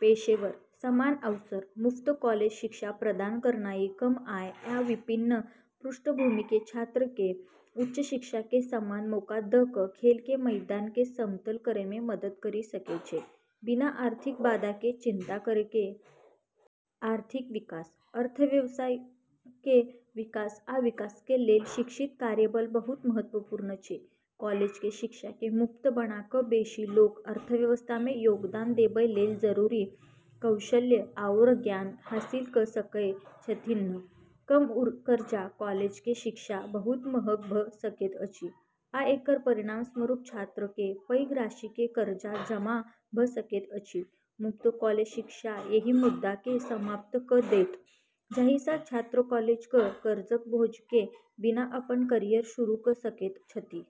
पेशेवर: समान अवसर: मुफ्त कॉलेज शिक्षा प्रदान करनाइ कम आय आ विपन्न पृष्ठभूमिके छात्रके उच्च शिक्षाके समान मौका द' क' खेलके मैदानके समतल करैमे मदद करि सकै छै, बिना आर्थिक बाधाके चिंता करैके। आर्थिक विकास: अर्थव्यवस्थाके विकास आ विकासके लेल शिक्षित कार्यबल बहुत महत्वपूर्ण छै। कॉलेजके शिक्षाके मुफ्त बना क' बेशी लोक अर्थव्यवस्थामे योगदान देबय लेल जरूरी कौशल आओर ज्ञान हासिल क' सकय छथिन्ह। कम कर्जा: कॉलेजके शिक्षा बहुत महग भ' सकैत अछि आ एकर परिणामस्वरूप छात्रके पैघ राशिके कर्ज जमा भ' सकैत अछि मुफ्त कॉलेज शिक्षा एहि मुद्दाके समाप्त क' देत, जाहिसँ छात्र कॉलेज क' कर्जक बोझके बिना अपन कैरियर शुरू क' सकैत छथि।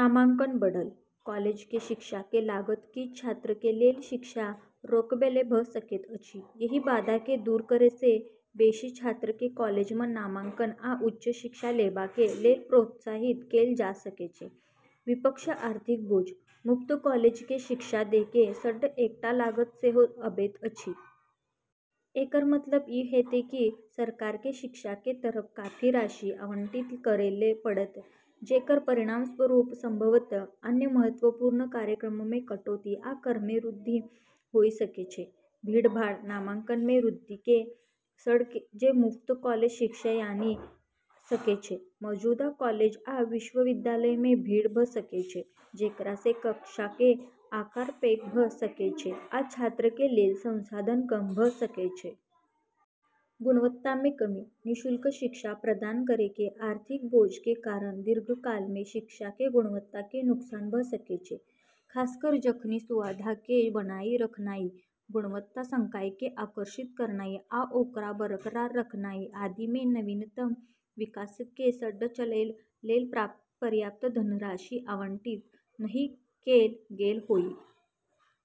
नामांकन बढ़ल: कॉलेजके शिक्षाके लागत किछ छात्रके लेल शिक्षा रोकैबला भ' सकैत अछि। एहि बाधाके दूर करैसँ बेशी छात्रके कॉलेजमे नामांकन आ उच्च शिक्षा लेबाके लेल प्रोत्साहित कैल जा सकै छै। विपक्ष: आर्थिक बोझ: मुफ्त कॉलेजके शिक्षा दैके सङ्ग एकटा लागत सेहो अबैत अछि। एकर मतलब ई हेतै कि सरकारके शिक्षाके तरफ काफी राशि आवंटित करै ल' पड़तै, जेकर परिणामस्वरूप संभवतः अन्य महत्वपूर्ण कार्यक्रममे कटौती या करमे वृद्धि होइ सकै छै। भीड़भाड़: नामांकनमे वृद्धिके सङ्ग जे मुफ्त कॉलेज शिक्षा आनि सकै छै, मौजूदा कॉलेज आ विश्वविद्यालयमे भीड़ भ' सकै छै, जेकरासँ कक्षाके आकार पैघ भ' सकै छै आ छात्रके लेल संसाधन कम भ' सकै छै। गुणवत्तामे कमी: निःशुल्क शिक्षा प्रदान करैके आर्थिक बोझके कारण दीर्घकालमे शिक्षाके गुणवत्ताके नुकसान भ' सकै छै, खासकर जखनि सुविधाके बनाइ रखनाइ, गुणवत्ता संकायके आकर्षित करनाइ आ ओकरा बरकरार रखनाइ आदिमे नवीनतम विकासके सङ्ग चलैके लेल पर्याप्त धनराशि आवंटित नहि कैल गेल होइ।